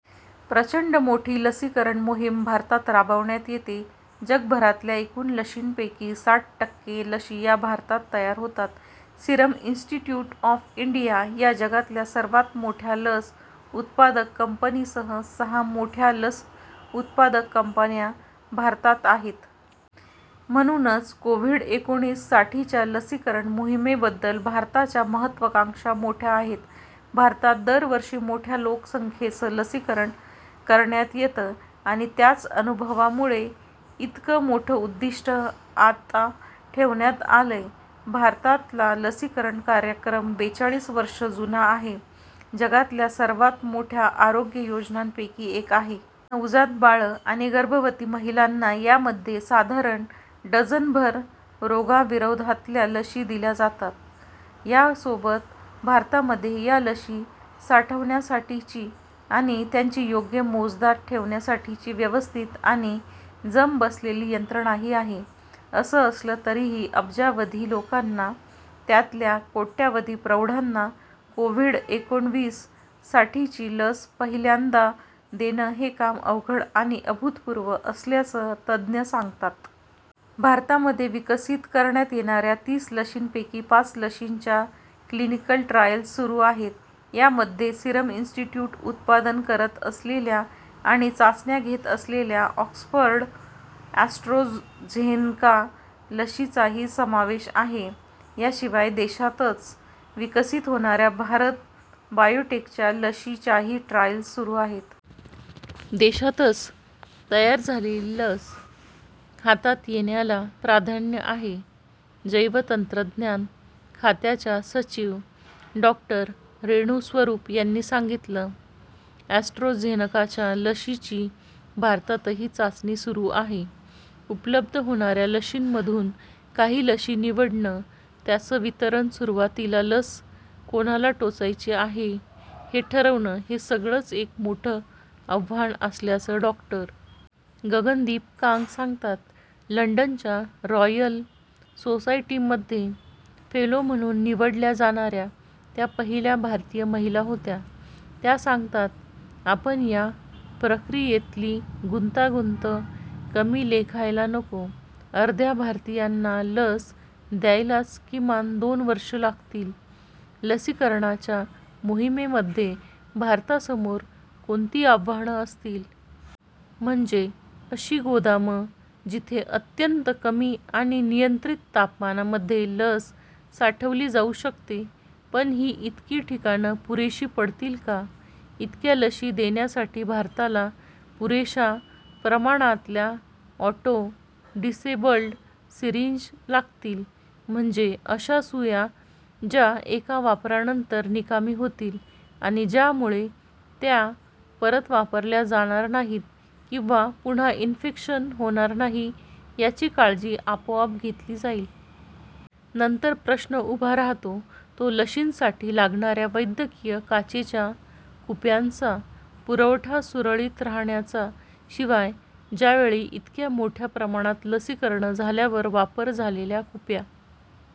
प्रचंड मोठी लसीकरण मोहीम भारतात राबवण्यात येते. जगभरातल्या एकूण लशींपैकी साठ टक्के लशी या भारतात तयार होतात. सिरम इन्स्टिट्यूट ऑफ इंडिया या जगातल्या सर्वांत मोठ्या लस उत्पादक कंपनीसह सहा मोठ्या लस उत्पादक कंपन्या भारतात आहेत. म्हणूनच कोव्हिड-एकोणविस साठीच्या लसीकरण मोहीमेबद्दलच्या भारताच्या महत्त्वाकांक्षा मोठ्या आहेत. भारतात दरवर्षी मोठ्या लोकसंख्येचं लसीकरण करण्यात येतं आणि त्याच अनुभवामुळे इतकं मोठं उद्दिष्टं आता ठेवण्यात आलंय. भारतातला लसीकरण कार्यक्रम बेचाळीस वर्षं जुना आहे. जगातल्या सर्वांत मोठ्या आरोग्य योजनांपैकी एक आहे. नवजात बाळं आणि गर्भवती महिलांना यामध्ये साधारण डझनभर रोगांविरोधातल्या लशी दिल्या जातात. यासोबत भारतामध्ये या लशी साठवण्यासाठीची आणि त्यांची योग्य मोजदाद ठेवण्यासाठीची व्यवस्थित आणि जम बसलेली यंत्रणाही आहे. असं असलं तरीही अब्जावधी लोकांना, त्यातल्या कोट्यावधी प्रौढांना कोव्हिड एकोणविस साठीची लस पहिल्यांदा देणं हे काम अवघड आणि अभूतपूर्व असल्याचं तज्ज्ञ सांगतात. भारतामध्ये विकसित करणाऱ्यात येणाऱ्या तीस लशींपैकी पाच लशींच्या क्लिनिकल ट्रायल्स सुरू आहेत. यामध्ये सिरम इन्स्टिट्यूट उत्पादन करत असलेल्या आणि चाचण्या घेत असलेल्या ऑक्सफर्ड ॲस्ट्राझेनका लशीचाही समावेश आहे. याशिवाय देशातच विकसित होणाऱ्या भारत बायोटेकच्या लशीच्याही ट्रायल्स सुरू आहेत. देशातच तयार झालेली लस हातात येण्याला प्राधान्य आहे जैवतंत्रज्ञान खात्याच्या सचिव डॉ. रेणू स्वरूप यांनी सांगितलं. अॅस्ट्राझेनकाच्या लशीची भारतातही चाचणी सुरू आहे. उपलब्ध होणाऱ्या लशींमधून काही लशी निवडणं त्यांचं वितरण सुरुवातीला लस कोणाला टोचायची हे ठरवणं हे सगळंच एक मोठं आव्हान असल्याचं डॉ. गगनदीप कांग सांगतात. लंडनच्या रॉयल सोसायटीमध्ये फेलो म्हणून निवडल्या जाणाऱ्या त्या पहिल्या भारतीय महिला होत्या. त्या सांगतात आपण या प्रक्रियेतली गुंतागुंत कमी लेखायला नको. अर्ध्या भारतीयांना लस द्यायलाच किमान दोन वर्षं लागतील. लसीकरणाच्या मोहिमेमध्ये भारतासमोर कोणती आव्हानं असतील? म्हणजे अशी गोदामं जिथे अत्यंत कमी आणि नियंत्रित तापमानामध्ये लस साठवली जाऊ शकते. पण ही इतकी ठिकाणं पुरेशी पडतील का? इतक्या लशी देण्यासाठी भारताला पुरेशा प्रमाणातल्या ऑटो डिसेबल्ड सीरिंज लागतील. म्हणजे अशा सुया ज्या एका वापरानंतर निकामी होतील आणि ज्यामुळे त्या परत वापरल्या जाणार नाहीत किंवा पुन्हा इन्फेक्शन होणार नाही याची काळजी आपोआप घेतली जाईल. नंतर प्रश्न उभा राहतो तो लशींसाठी लागणाऱ्या वैद्यकीय काचेच्या कुप्यांचा पुरवठा सुरळीत राहण्याचा. शिवाय ज्यावेळी इतक्या मोठ्या प्रमाणात लसीकरण झाल्यावर वापर झालेल्या कुप्या